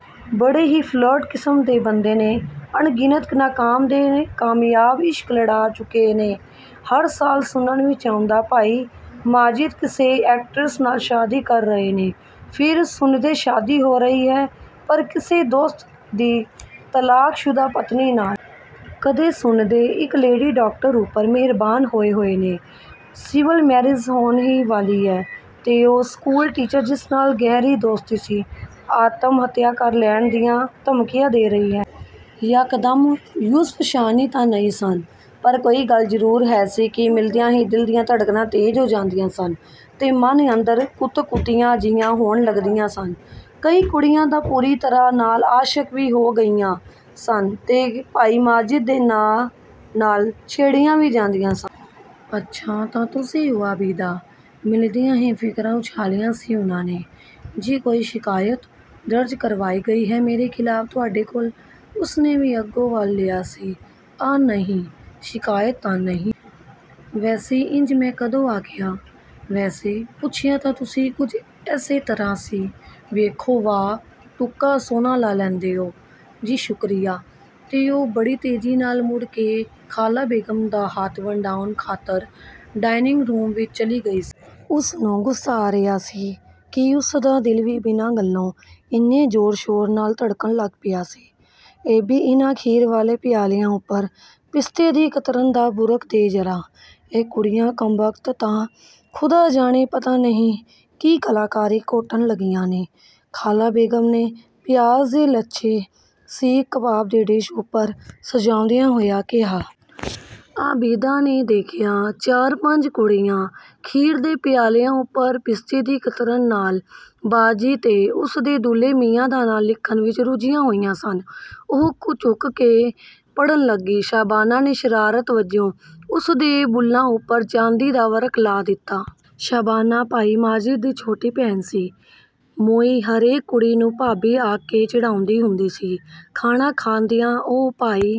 ਬੜੇ ਹੀ ਫਲਰਟ ਕਿਸਮ ਦੇ ਬੰਦੇ ਨੇ, ਅਣਗਿਣਤ ਨਾਕਾਮ ਤੇ ਕਾਮਯਾਬ ਇਸ਼ਕ ਲੜਾ ਚੁੱਕੇ ਨੇ। ਹਰ ਸਾਲ ਸੁਣਨ ਵਿੱਚ ਆਉਂਦਾ, ਭਾਈ ਮਾਜਿਦ ਕਿਸੇ ਐਕਟਰੈਸ ਨਾਲ ਸ਼ਾਦੀ ਕਰ ਰਹੇ ਨੇ। ਫਿਰ ਸੁਣਦੇ, ਸ਼ਾਦੀ ਹੋ ਰਹੀ ਹੈ, ਪਰ ਕਿਸੇ ਦੋਸਤ ਦੀ ਤਲਾਕ ਸ਼ੁਦਾ ਪਤਨੀ ਨਾਲ। ਕਦੇ ਸੁਣਦੇ, ਇੱਕ ਲੇਡੀ ਡਾਕਟਰ ਉੱਪਰ ਮਿਹਰਬਾਨ ਹੋਏ ਹੋਏ ਨੇ, ਸਿਵਲ ਮੈਰਿਜ ਹੋਣ ਹੀ ਵਾਲੀ ਹੈ ਤੇ ਉਹ ਸਕੂਲ ਟੀਚਰ ਜਿਸ ਨਾਲ ਗਹਿਰੀ ਦੋਸਤੀ ਸੀ, ਆਤਮ-ਹੱਤਿਆ ਕਰ ਲੈਣ ਦੀਆਂ ਧਮਕੀਆਂ ਦੇ ਰਹੀ ਹੈ। ਯਕਦਮ ਯੁਸਫ਼ ਸਾਨੀ ਤਾਂ ਨਹੀਂ ਸਨ ਪਰ ਕੋਈ ਗੱਲ ਜ਼ਰੂਰ ਹੈ ਸੀ ਕਿ ਮਿਲਦਿਆਂ ਹੀ ਦਿਲ ਦੀਆਂ ਧੜਕਨਾਂ ਤੇਜ਼ ਹੋ ਜਾਂਦੀਆਂ ਸਨ ਤੇ ਮਨ ਅੰਦਰ ਕੁਤਕੁਤੀਆਂ ਜਿਹੀਆਂ ਹੋਣ ਲੱਗਦੀਆਂ ਸਨ। ਕਈ ਕੁੜੀਆਂ ਤਾਂ ਪੂਰੀ ਤਰ੍ਹਾਂ ਨਾਲ ਆਸ਼ਕ ਵੀ ਹੋ ਗਈਆਂ ਸਨ ਤੇ ਭਾਈ ਮਾਜਿਦ ਦੇ ਨਾਂ ਨਾਲ ਛੇੜੀਆਂ ਵੀ ਜਾਂਦੀਆਂ ਸਨ। "ਅੱਛਾ, ਤਾਂ ਤੁਸੀਂ ਹੋ ਆਬਿਦਾ।" ਮਿਲਦਿਆਂ ਹੀ ਫਿਕਰਾ ਉਛਾਲਿਆ ਸੀ ਉਨ੍ਹਾਂ ਨੇ। "ਜੀ, ਕੋਈ ਸ਼ਿਕਾਇਤ ਦਰਜ ਕਰਵਾਈ ਗਈ ਹੈ ਮੇਰੇ ਖ਼ਿਲਾਫ਼ ਤੁਹਾਡੇ ਕੋਲ?" ਉਸਨੇ ਵੀ ਅੱਗੋਂ ਵਲ ਲਿਆ ਸੀ।"ਆ, ਨਹੀਂ, ਸ਼ਿਕਾਇਤ ਤਾਂ ਨਹੀਂ। ਵੈਸੇ ਇੰਜ ਮੈਂ ਕਦੋਂ ਆਖਿਆ?""ਵੈਸੇ ਪੁੱਛਿਆ ਤਾਂ ਤੁਸੀਂ ਕੁਝ ਐਸੇ ਤਰ੍ਹਾਂ ਸੀ।" "ਵੇਖੋ ਵਾਹ, ਤੁੱਕਾ ਸੋਹਣਾ ਲਾ ਲੈਂਦੇ ਹੋ।""ਜੀ, ਸ਼ੁਕਰੀਆ।"ਤੇ ਉਹ ਬੜੀ ਤੇਜ਼ੀ ਨਾਲ ਮੁੜ ਕੇ ਖਾਲਾ ਬੇਗਮ ਦਾ ਹੱਥ ਵੰਡਾਉਣ ਖਾਤਰ ਡਾਇਨਿੰਗ-ਰੂਮ ਵਿੱਚ ਚਲੀ ਗਈ ਸੀ। ਉਸ ਨੂੰ ਗੁੱਸਾ ਆ ਰਿਹਾ ਸੀ ਕਿਉਂਕਿ ਉਸਦਾ ਦਿਲ ਵੀ ਬਿਨਾਂ ਗੱਲੋਂ ਇੰਨੇ ਜ਼ੋਰ-ਸ਼ੋਰ ਨਾਲ ਧੜਕਣ ਲੱਗ ਪਿਆ ਸੀ। "ਏ-ਬੀ, ਇਹਨਾਂ ਖੀਰ ਵਾਲੇ ਪਿਆਲਿਆਂ ਉੱਪਰ ਪਿਸਤੇ ਦੀ ਕਤਰਨ ਤਾਂ ਬੁਰਕ ਦੇ ਜ਼ਰਾ।" ਇਹ ਕੁੜੀਆਂ ਕੰਬਖ਼ਤ ਤਾਂ ਖ਼ੁਦਾ ਜਾਣੇ ਪਤਾ ਨਹੀਂ ਕੀ ਕਲਾਕਾਰੀ ਘੋਟਣ ਲੱਗੀਆਂ ਨੇ ਖਾਲਾ ਬੇਗਮ ਨੇ ਪਿਆਜ਼ ਤੇ ਲੱਛੇ, ਸੀਖ-ਕਬਾਬ ਦੀ ਡਿਸ਼ ਉੱਪਰ ਸਜਾਉਂਦਿਆਂ ਹੋਇਆਂ ਕਿਹਾ। ਆਬਿਦਾ ਨੇ ਦੇਖਿਆ ਚਾਰ-ਪੰਜ ਕੁੜੀਆਂ ਖੀਰ ਦੇ ਪਿਆਲਿਆਂ ਉੱਪਰ ਪਿਸਤੇ ਦੀ ਕਤਰਨ ਨਾਲ ਬਾਜੀ ਤੇ ਉਸਦੇ ਦੂਲਹੇ ਮੀਆਂ ਦਾ ਨਾਂ ਲਿਖਣ ਵਿੱਚ ਰੁੱਝੀਆਂ ਹੋਈਆਂ ਸਨ। ਉਹ ਝੁਕ ਕੇ ਪੜ੍ਹਨ ਲੱਗੀ, ਸ਼ਬਾਨਾ ਨੇ ਸ਼ਰਾਰਤ ਵਜੋਂ ਉਸ ਦੇ ਬੁੱਲ੍ਹਾਂ ਉੱਪਰ ਚਾਂਦੀ ਦਾ ਵਰਕ ਲਾ ਦਿੱਤਾ। ਸ਼ਬਾਨਾ ਭਾਈ ਮਾਜਿਦ ਦੀ ਛੋਟੀ ਭੈਣ ਸੀ, ਮੋਈ ਹਰੇਕ ਕੁੜੀ ਨੂੰ ਭਾਬੀ ਆਖ ਕੇ ਚਿੜਾਉਂਦੀ ਹੁੰਦੀ ਸੀ। ਖਾਣਾ ਖਾਂਦਿਆਂ ਉਹ ਭਾਈ